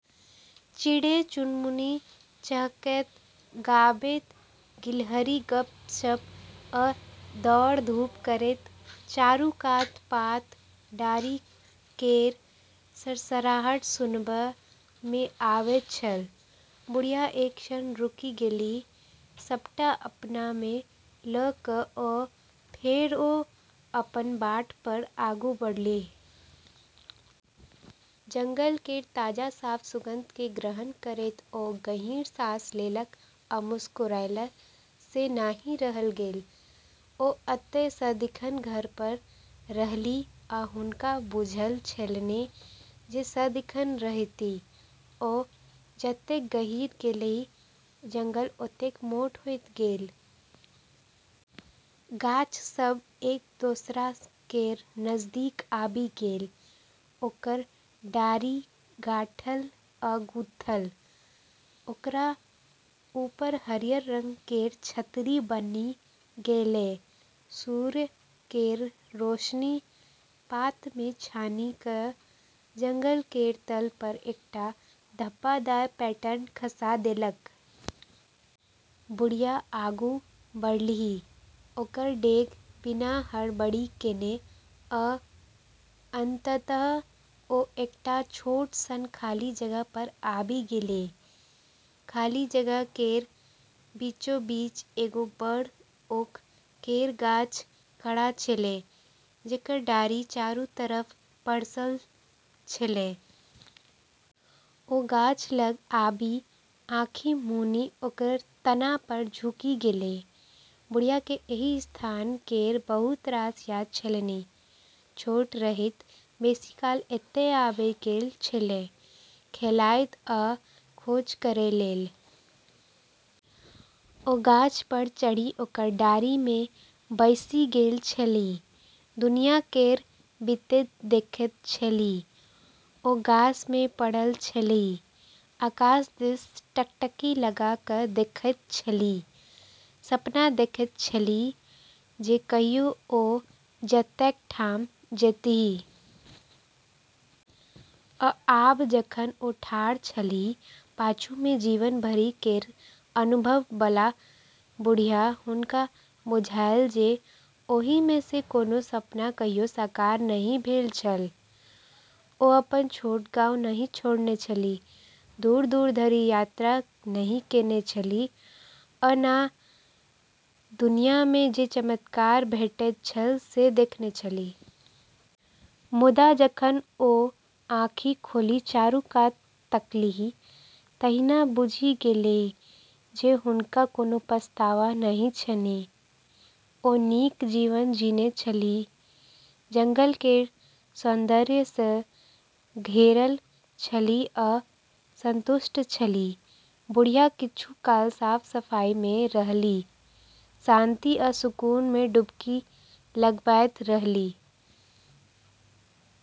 चिड़ै-चुनमुनी चहकैत-गाबैत, गिलहरी गप्प-सप्प आ दौड़-धूप करैत, चारू कात पात-डारि केर सरसराहट सुनबा मे अबैत छल। बुढ़िया एक क्षण रुकि गेलीह, सबटा अपना मे लऽ कऽ, आ फेर ओ अपन बाट पर आगू बढ़लीह। जंगल केर ताजा साफ सुगंध केँ ग्रहण करैत ओ गहींर साँस लेलक आ मुसुकुरैला सँ नहि रहल गेल। ओ एतय सदिखन घर पर रहलीह, आ हुनका बुझल छलनि जे सदिखन रहतीह। ओ जतेक गहींर गेलीह, जंगल ओतेक मोट होइत गेल। गाछ सभ एक दोसरा केर नजदीक आबि गेल, ओकर डारि गाँठल आ गूंथल, ओकरा ऊपर हरियर रंग केर छतरी बनि गेलै। सूर्य केर रोशनी पात मे छानि कऽ जंगल केर तल पर एकटा धब्बादार पैटर्न खसा देलक। बुढ़िया आगू बढ़लीह, ओकर डेग बिना हड़बड़ी केने, आ अंततः ओ एकटा छोट सन खाली जगह पर आबि गेलीह। खाली जगह केर बीचोबीच एगो बड़ ओक केर गाछ खड़ा छेलै, जेकर डारि चारो तरफ पसरल छेलै। ओ गाछ लग आबि आँखि मुनि ओकर तना पर झुकि गेलीह। बुढ़िया के एहि स्थान केर बहुत रास याद छलनि। छोट रहैत बेसी काल एतय आबि गेल छलीह, खेलाइत आ खोज करै लेल। ओ गाछ पर चढ़ि ओकर डारि मे बैसि गेल छलीह, दुनिया केर बीतैत देखैत छलीह। ओ घास मे पड़ल छलीह, आकाश दिस टकटकी लगा कऽ देखैत छलीह, सपना देखैत छलीह जे कहियो ओ जतेक ठाम जेतीह। आ आब जखन ओ ठाढ़ छलीह, पाछू मे जीवन भरि केर अनुभव बला बुढ़िया, हुनका बुझायल जे ओहि मे सँ कोनो सपना कहियो साकार नहि भेल छल। ओ अपन छोट गाउँ नहि छोड़ने छलीह, दूर-दूर धरि यात्रा नहि केने छलीह आ ने दुनिया मे जे चमत्कार भेटैत छल से देखने छलीह। मुदा जखन ओ आँखि खोलि चारू कात तकलीह तहिना बुझि गेलीह जे हुनका कोनो पछतावा नहि छनि। ओ नीक जीवन जीने छलीह, जंगल केर सौन्दर्य सँ घेरल छलीह आ संतुष्ट छलीह। बुढ़िया किछु काल साफ-सफाई मे रहलीह, शांति आ सुकून मे डुबकी लगबैत रहलीह।